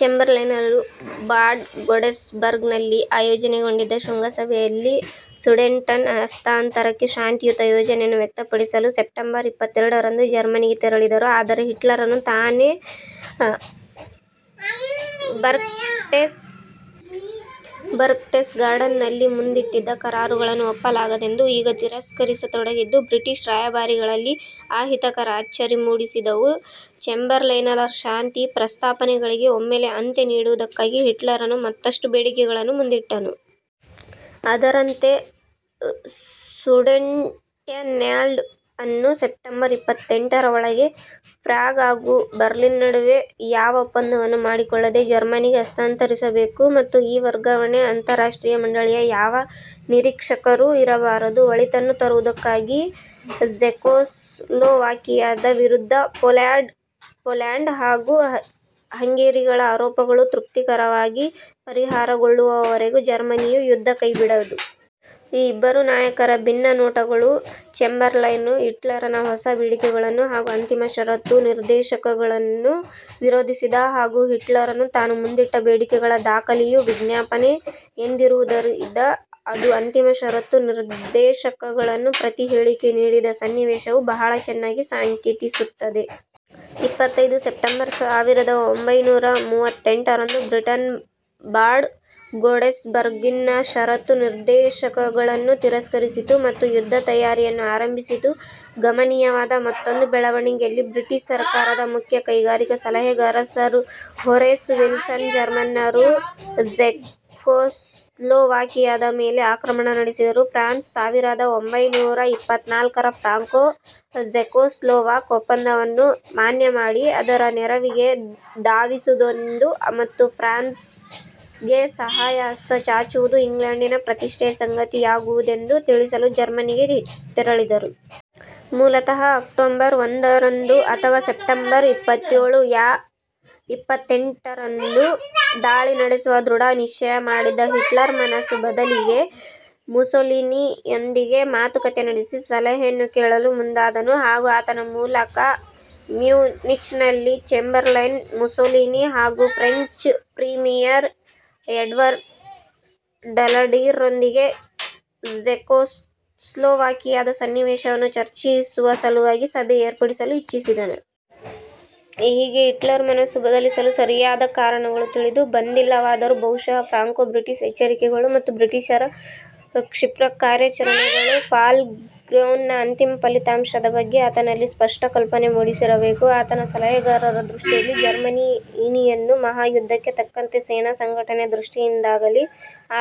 ಚೆಂಬರ್ಲೈನರು Bad Godesberg ನಲ್ಲಿ ಆಯೋಜನೆಗೊಂಡಿದ್ದ ಶೃಂಗಸಭೆಯಲ್ಲಿ ಸುಡೆನ್ಟನ್ ಹಸ್ತಾಂತರಕ್ಕೆ ಶಾಂತಿಯುತ ಯೋಜನೆಯನ್ನು ಪ್ರಸ್ತುತಪಡಿಸಲು ಸೆಪ್ಟೆಂಬರ್ ಇಪ್ಪತ್ತೆರಡರಂದು ಜರ್ಮನಿಗೆ ತೆರಳಿದರು. ಆದರೆ, ಹಿಟ್ಲರನು ತಾನೇ "ಬರ್ಕ್ಟೆಸ್ಗಾಡೆನ್ " ನಲ್ಲಿ ಮುಂದಿಟ್ಟಿದ್ದ ಕರಾರುಗಳನ್ನು ಒಪ್ಪಲಾಗದೆಂದು ಈಗ ತಿರಸ್ಕರಿಸತೊಡಗಿದ್ದು ಬ್ರಿಟಿಷ್ ರಾಯಭಾರಿಗಳಲ್ಲಿ ಅಹಿತಕರ ಅಚ್ಚರಿ ಮೂಡಿಸಿದವು. ಚೆಂಬರ್ಲೈನರ ಶಾಂತಿ ಪ್ರಸ್ತಾಪನೆಗಳಿಗೆ ಒಮ್ಮೆಲೇ ಅಂತ್ಯ ನೀಡುವುದಕ್ಕಾಗಿ ಹಿಟ್ಲರನು ಮತ್ತಷ್ಟು ಬೇಡಿಕೆಗಳನ್ನು ಮುಂದಿಟ್ಟನು. ಅದರಂತೆ- ಸುಡೆನ್ಟೆನ್ಲ್ಯಾಂಡ್ ಅನ್ನು ಸೆಪ್ಟೆಂಬರ್ ಇಪ್ಪತ್ತೆಂಟರ ಒಳಗೆ ಪ್ರಾಗ್ ಹಾಗೂ ಬರ್ಲಿನ್ ನಡುವೆ ಯಾವ ಒಪ್ಪಂದವನ್ನೂ ಮಾಡಿಕೊಳ್ಳದೇ ಜರ್ಮನಿಗೆ ಹಸ್ತಾಂತರಿಸಬೇಕು ಮತ್ತು ಈ ವರ್ಗಾವಣೆಗೆ ಅಂತಾರಾಷ್ಟ್ರೀಯ ಮಂಡಳಿಯ ಯಾವ ನಿರೀಕ್ಷಕರೂ ಇರಬಾರದು; ಒಳಿತನ್ನು ತರುವುದಕ್ಕಾಗಿ, ಝೆಕೋಸ್ಲೋವಾಕಿಯಾದ ವಿರುದ್ಧ ಪೋಲ್ಯಾಂಡ್ ಹಾಗೂ ಹಂಗೆರಿಗಳ ಆರೋಪಗಳು ತೃಪ್ತಿಕರವಾಗಿ ಪರಿಹಾರಗೊಳ್ಳುವವರೆಗೆ ಜರ್ಮನಿಯು ಯುದ್ಧ ಕೈಬಿಡದು. ಈ ಇಬ್ಬರು ನಾಯಕರ ಭಿನ್ನ ನೋಟಗಳು, ಚೆಂಬರ್ಲೈನ್ರು ಹಿಟ್ಲರನ ಹೊಸ ಬೇಡಿಕೆಗಳನ್ನು ಹಾಗೂ ಅಂತಿಮ ಷರತ್ತು ನಿರ್ದೇಶಕಗಳನ್ನು ವಿರೋಧಿಸಿದ, ಹಾಗೂ ಹಿಟ್ಲರನು ತಾನು ಮುಂದಿಟ್ಟ ಬೇಡಿಕೆಗಳ ದಾಖಲೆಯು "ವಿಜ್ಞಾಪನೆ" ಎಂದಿರುವುದರಿದ ಅದು ಅಂತಿಮ ಷರತ್ತು ನಿರ್ದೇಶಕಗಳನ್ನು ಪ್ರತಿ ಹೇಳಿಕೆ ನೀಡಿದ ಸನ್ನಿವೇಶವು ಬಹಳ ಚೆನ್ನಾಗಿ ಸಾಂಕೇತಿಸುತ್ತದೆ. ಇಪ್ಪತ್ತೈದು ಸೆಪ್ಟೆಂಬರ್ ಸಾವಿರದ ಒಂಭೈನೂರ ಮೂವತ್ತೆಂಟರಂದು ಬ್ರಿಟನ್, ಬಾಡ್ ಗೋಡೆಸ್ಬರ್ಗಿನ ಷರತ್ತು ನಿರ್ದೇಶಕಗಳನ್ನು ತಿರಸ್ಕರಿಸಿತು ಮತ್ತು ಯುದ್ಧ ತಯಾರಿಯನ್ನು ಆರಂಭಿಸಿತು. ಗಮನೀಯವಾದ ಮತ್ತೊಂದು ಬೆಳವಣಿಗೆಯಲ್ಲಿ, ಬ್ರಿಟಿಷ್ ಸರ್ಕಾರದ ಮುಖ್ಯ ಕೈಗಾರಿಕಾ ಸಲಹೆಗಾರ ಸರ್ ಹೊರೇಸ್ ವಿಲ್ಸನ್, ಜರ್ಮನ್ನರು ಝೆಕೋಸ್ಲೋವಾಕಿಯಾದ ಮೇಲೆ ಆಕ್ರಮಣ ನಡೆಸಿದರೆ, ಫ್ರಾನ್ಸ್ ಸಾವಿರದ ಒಂಭೈನೂರ ಇಪ್ಪತ್ನಾಲ್ಕರ ಫ್ರಾಂಕೋ ಝೆಕೋಸ್ಲೋವಾಕ್ ಒಪ್ಪಂದವನ್ನು ಮಾನ್ಯ ಮಾಡಿ, ಅದರ ನೆರವಿಗೆ ಧಾವಿಸುವುದೆಂದೂ, ಮತ್ತು "ಫ್ರಾನ್ ಸ್ಗೆ ಸಹಾಯಹಸ್ತ ಚಾಚುವುದು ಇಂಗ್ಲೆಂಡಿನ ಪ್ರತಿಷ್ಠೆಯ ಸಂಗತಿಯಾಗುವುದೆಂದೂ" ತಿಳಿಸಲು ಜರ್ಮನಿಗೆ ತೆರಳಿದರು. ಮೂಲತಃ ಅಕ್ಟೋಬರ್ ಒಂದರಂದು ಅಥವಾ ಸೆಪ್ಟೆಂಬರ್ ಇಪ್ಪತ್ತೇಳು ಯಾ ಇಪ್ಪತ್ತೆಂಟರಂದು ದಾಳಿ ನಡೆಸುವ ಧೃಢ ನಿಶ್ಚಯ ಮಾಡಿದ್ದ ಹಿಟ್ಲರ್, ಮನಸ್ಸು ಬದಲಿಸಿ, ಮುಸೋಲಿನಿಯೊಂದಿಗೆ ಮಾತುಕಥೆ ನಡೆಸಿ ಸಲಹೆಯನ್ನು ಕೇಳಲು ಮುಂದಾದನು ಹಾಗೂ ಆತನ ಮೂಲಕ ಮ್ಯೂನಿಚ್ನಲ್ಲಿ ಚೇಂಬರ್ಲೈನ್, ಮುಸೋಲಿನಿ ಹಾಗೂ ಫ್ರೆಂಚ್ ಪ್ರೀಮಿಯರ್ ಎಡ್ವರ್ಡ್ ಡಲಡೀರ್ ರೊಂದಿಗೆ ಝೆಕೋಸ್ಲೋವಾಕಿಯಾದ ಸನ್ನಿವೇಶವನ್ನು ಚರ್ಚಿಸುವ ಸಲುವಾಗಿ ಸಭೆ ಏರ್ಪಡಿಸಲು ಇಚ್ಚಿಸಿದನು. ಹೀಗೆ ಹಿಟ್ಲರ್ ಮನಸ್ಸು ಬದಲಿಸಲು ಸರಿಯಾದ ಕಾರಣಗಳು ತಿಳಿದು ಬಂದಿಲ್ಲವಾದರೂ ಬಹುಶಃ ಫ್ರಾಂಕೋ ಬ್ರಿಟಿಷ್ ಎಚ್ಚರಿಕೆಗಳು ಮತ್ತು ಬ್ರಿಟಿಷರ ಕ್ಷಿಪ್ರ ಕಾರ್ಯಾಚರಣೆಗಳು "ಫಾಲ್ ಗ್ರ್ಯೂನ್ " ನ ಅಂತಿಮ ಫಲಿತಾಂಶದ ಬಗ್ಗೆ ಆತನಲ್ಲಿ ಸ್ಪಷ್ಟ ಕಲ್ಪನೆ ಮೂಡಿಸಿರಬೇಕು. ಆತನ ಸಲಹೆಗಾರರ ದೃಷ್ಟಿಯಲ್ಲಿ ಜರ್ಮನಿಯಿನ್ನೂ ಮಹಾಯುದ್ಧಕ್ಕೆ ತಕ್ಕಂತೆ ಸೇನಾ ಸಂಘಟನೆಯ ದೃಷ್ಟಿಯಿಂದಲಾಗಲೀ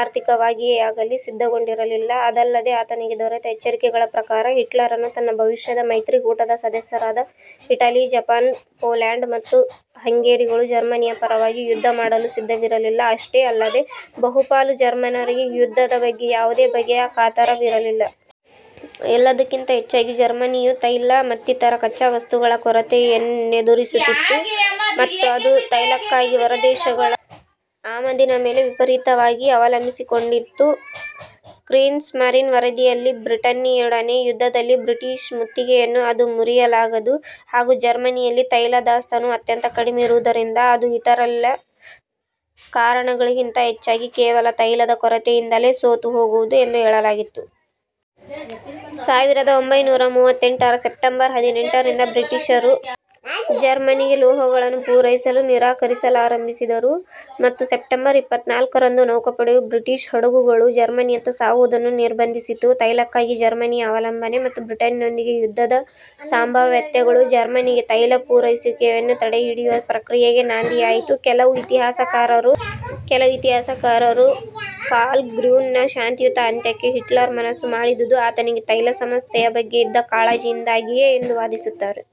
ಆರ್ಥಿಕವಾಗಿಯಾಗಲೀ ಸಿದ್ಧಗೊಂಡಿರಲಿಲ್ಲ; ಅದಲ್ಲದೆ ಆತನಿಗೆ ದೊರೆತ ಎಚ್ಚರಿಕೆಗಳ ಪ್ರಕಾರ ಹಿಟ್ಲರನು ತನ್ನ ಭವಿಷ್ಯದ ಮೈತ್ರಿಕೂಟದ ಸದಸ್ಯರಾದ ಇಟಲಿ, ಜಪಾನ್, ಪೋಲ್ಯಾಂಡ್ ಮತ್ತು ಹಂಗೆರಿಗಳು ಜರ್ಮನಿಯ ಪರವಾಗಿ ಯುದ್ಧ ಮಾಡಲು ಸಿದ್ಧವಿರಲಿಲ್ಲ; ಅಷ್ಟೇ ಅಲ್ಲದೆ, ಬಹುಪಾಲು ಜರ್ಮನ್ನರಿಗೆ ಯುದ್ಧದ ಬಗ್ಗೆ ಯಾವುದೇ ಬಗೆಯ ಕಾತರವಿರಲಿಲ್ಲ. ಎಲ್ಲಕ್ಕಿಂತ ಹೆಚ್ಚಾಗಿ, ಜರ್ಮನಿಯು ತೈಲ ಮತ್ತಿತರ ಕಚ್ಚಾವಸ್ತುಗಳ ಕೊರತೆಯನ್ನೆದುರಿಸುತ್ತಿತ್ತು, ಮತ್ತು ಅದು ತೈಲಕ್ಕಾಗಿ ಹೊರದೇಶಗಳ ಆಮದಿನ ಮೇಲೆ ವಿಪರೀತವಾಗಿ ಅವಲಂಬಿಸಿಕೊಂಡಿತ್ತು. "ಕ್ರೀಗ್ ಸ್ಮರಿನ್ " ವರದಿಯಲ್ಲಿ, ಬ್ರಿಟನ್ನಿನೊಡನೆಯ ಯುದ್ಧದಲ್ಲಿ ಬ್ರಿಟಿಷ್ ಮುತ್ತಿಗೆಯನ್ನು ಅದು ಮುರಿಯಲಾಗದು, ಹಾಗೂ ಜರ್ಮನಿಯಲ್ಲಿ ತೈಲ ದಾಸ್ತಾನು ಅತ್ಯಂತ ಕಡಿಮೆ ಇರುವುದರಿಂದ ಅದು ಇತರೆಲ್ಲ ಕಾರಣಗಳಿಗಿಂತ ಹೆಚ್ಚಾಗಿ ಕೇವಲ ತೈಲದ ಕೊರತೆಯಿಂದಲೇ ಸೋತು ಹೋಗುವುದು ಎಂದು ಹೇಳಲಾಗಿತ್ತು. ಸಾವಿರದ ಒಂಭೈನೂರ ಮೂವತ್ತೆಂಟರ ಸೆಪ್ಟೆಂಬರ್ ಹದಿನೆಂಟರಿಂದ ಬ್ರಿಟಿಷರು ಜರ್ಮನಿಗೆ ಲೋಹಗಳನ್ನು ಪೂರೈಸಲು ನಿರಾಕರಿಸಲಾರಂಭಿಸಿದರು, ಮತ್ತು ಸೆಪ್ಟೆಂಬರ್ ಇಪ್ಪತ್ನಾಲ್ಕರಂದು ನೌಕಾಪಡೆಯು ಬ್ರಿಟಿಷ್ ಹಡಗುಗಳು ಜರ್ಮನಿಯತ್ತ ಸಾಗುವುದನ್ನು ನಿರ್ಬಂಧಿಸಿತು. ತೈಲಕ್ಕಾಗಿ ಜರ್ಮನಿಯ ಅವಲಂಬನೆ, ಮತ್ತು ಬ್ರಿಟನ್ನಿನೊಡನೆ ಯುದ್ಧದ ಸಂಭಾವ್ಯತೆಗಳು ಜರ್ಮನಿಗೆ ತೈಲ ಪೂರೈಸುವಿಕೆಯನ್ನು ತಡೆಹಿಡಿಯುವ ಪ್ರಕ್ರಿಯೆಗೆ ನಾಂದಿಯಾಯಿತು. ಕೆಲವು ಇತಿಹಾಸಕಾರರು, "ಫಾಲ್ ಗ್ರ್ಯೂನ್" ನ ಶಾಂತಿಯುತ ಅಂತ್ಯಕ್ಕೆ ಹಿಟ್ಲರ್ ಮನಸು ಮಾಡಿದುದು ಆತನಿಗೆ ತೈಲ ಸಮಸ್ಯೆಯ ಬಗ್ಗೆ ಇದ್ದ ಕಾಳಜಿಯಿಂದಾಗಿಯೇ ಎಂದು ವಾದಿಸುತ್ತಾರೆ.